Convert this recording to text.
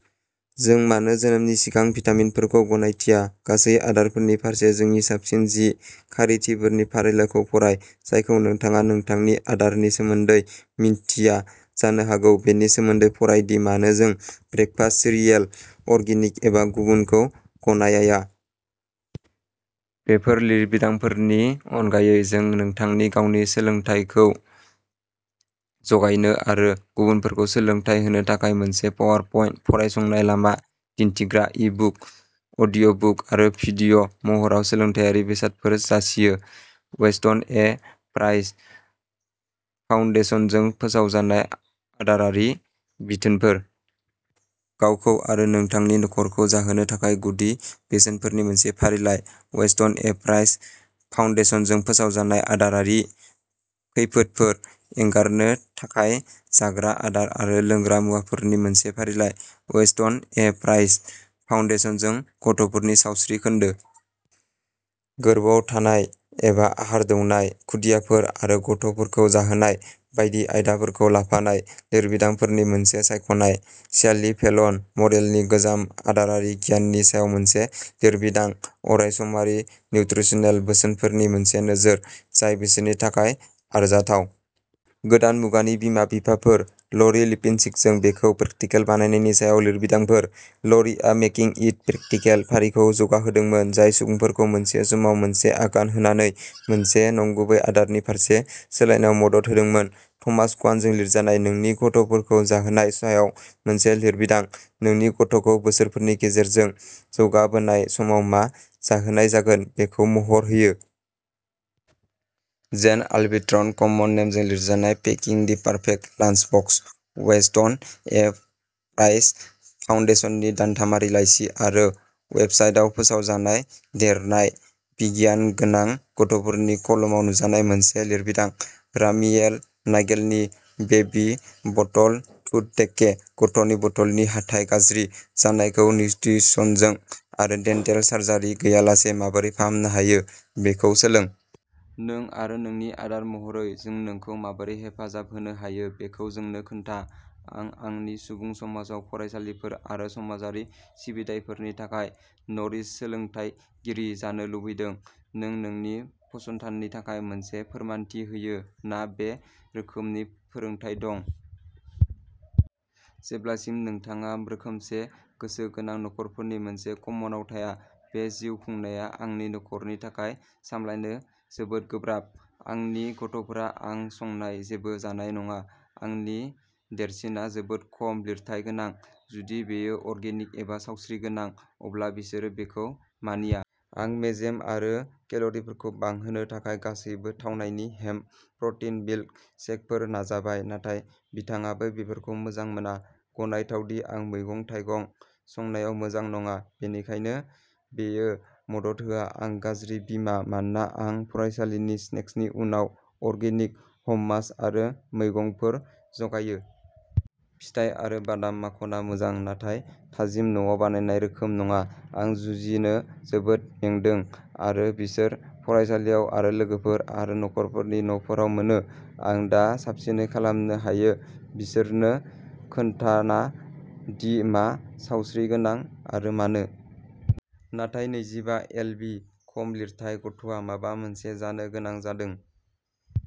जों मानो जोनोमनि सिगां भिटामिनफोरखौ गनायथिया, गासै आदारफोरनि फारसे जोंनि साबसिन जि खारिथिफोरनि फारिलाइखौ फराय जायखौ नोंथाङा नोंथांनि आदारनि सोमोन्दै मिन्थिया जानो हागौ। बेनि सोमोन्दै फराय दि मानो जों ब्रेकफास्ट सिरियेल, अर्गेनिक एबा गुबुनखौ गनायाया। बेफोर लिरबिदांफोरनि अनगायै जों नोंथांनि गावनि सोलोंथाइखौ जगायनो आरो गुबुनफोरखौ सोलोंथाय होनो थाखाय मोनसे पावारपइन्ट, फरायसंनाय लामा दिन्थिग्रा, इ-बुक, अडिअ'बुक आरो डिभिअ महराव सोलोंथायारि बेसादफोर जासियो। वेस्टन ए प्राइस फाउन्डेसनजों फोसावजानाय आदारारि बिथोनफोर। गावखौ आरो नोंथांनि नखरखौ जाहोनो थाखाय गुदि बोसेनफोरनि मोनसे फारिलाइ। वेस्टन ए प्राइस फाउन्डेसनजों फोसावजानाय आदारारि खैफोदफोर। एंगारनो थाखाय जाग्रा आदार आरो लोंग्रा मुवाफोरनि मोनसे फारिलाइ। वेस्टन ए प्राइस फाउन्डेशनजों गथ'फोरनि सावस्रि खोन्दो। गोर्बोआव थानाय एबा आहार दौनाय, खुदियाफोर आरो गथ'फोरखौ जाहोनाय बायदि आयदाफोरखौ लाफानाय लिरबिदांफोरनि मोनसे सायख'नाय। स्यालि फेलन मरेलनि गोजाम आदारारि गियाननि सायाव मोनसे लिरबिदां अरायसमारि निउत्रिसनेल बोसोनफोरनि मोनसे नोजोर जाय बिसोरनि थाखाय आरजाथाव। गोदान मुगानि बिमा-बिफाफोर। ल'रि लिपिन्स्किजों बेखौ प्रेकटिकेल बानायनायनि सायाव लिरबिदांफोर। ल'रिआ "मेकिं इट प्रेकटिकेल" फारिखौ जौगाहोदोंमोन, जाय सुबुंफोरखौ मोनसे समाव मोनसे आगान होनानै मोनसे नंगुबै आदारनि फारसे सोलायनायाव मदद होदोंमोन। थमास कवानजों लिरजानाय नोंनि गथ'फोरखौ जाहोनाय सायाव मोनसे लिरबिदां, नोंनि गथ'खौ बोसोरफोरनि गेजेरजों जौगाबोनाय समाव मा जाहोनाय जागोन बेखौ महर होयो। जेन अलबिट्रन, कममन नेमजों लिरजानाय packing the perfect lunch box. Weston A. Price फाउन्डेशननि दानथामारि लाइसि आरो वेबसाइटआव फोसावजानाय देरनाय गियानगोनां गथ'फोरनि कलमाव नुजानाय मोनसे लिरबिदां। रामियेल नागेलनि बेबी बटल टूथ डेके। गथ'नि बथलनि हाथाइ गाज्रि जानायखौ निउत्रिसनजों आरो डेन्टेल सार्जारि गैयालासे माबोरै फाहामनो हायो बेखौ सोलों। नों आरो नोंनि आदार महरै जों नोंखौ माबोरै हेफाजाब होनो हायो बेखौ जोंनो खोन्था। आं आंनि सुबुं समाजाव फरायसालिफोर आरो समाजारि सिबिथाइफोरनि थाखाय "न'रिश" सोलोंथायगिरि जानो लुबैदों। नों नोंनि फसंथाननि थाखाय मोनसे फोरमानथि होयो ना बे रोखोमनि फोरोंथाय दं? जेब्लासिम नोंथाङा रोखोमसे गोसो गोनां नखरफोरनि मोनसे कम्मनआव थाया, बे जिउ खुंनाया आंनि नखरनि थाखाय सामलायनो जोबोद गोब्राब। आंनि गथ'फोरा आं संनाय जेबो जानाय नङा। आंनि देरसिनआ जोबोद खम लिरथाय गोनां। जुदि बेयो अर्गेनिक एबा सावस्रिगोनां, अब्ला बिसोरो बेखौ मानिया। आं मेजेम आरो केल'रिफोरखौ बांहोनो थाखाय गासैबो थावनायनि हेम्प प्र'टिन मिल्क शेकफोर नाजाबाय, नाथाय बिथाङाबो बेफोरखौ "मोजां मोना"। गनायथाव दि आं मैगं-थाइगं संनायाव मोजां नङा। बेनिखायनो बेयो मदद होआ। आं "गाज्रि" बिमा मानोना आं फरायसालिनि स्नेक्सनि उनाव अर्गेनिक हममास आरो मैगंफोर जगायो। फिथाइ आरो बादाम माखनआ मोजां नाथाय थाजिम न'आव बानायनाय रोखोम नङा। आं जुजिनो जोबोद मेंदों आरो बिसोर फरायसालियाव आरो लोगोफोर आरो नखरफोरनि न'फोराव मोनो। आं दा साबसिनै खालामनो हायो बिसोरनो खोन्थाना दि मा सावस्रिगोनां आरो मानो। नाथाय नैजिबा एलबि खम लिरथाय गथ'आ माबा मोनसे जानो गोनां जादों।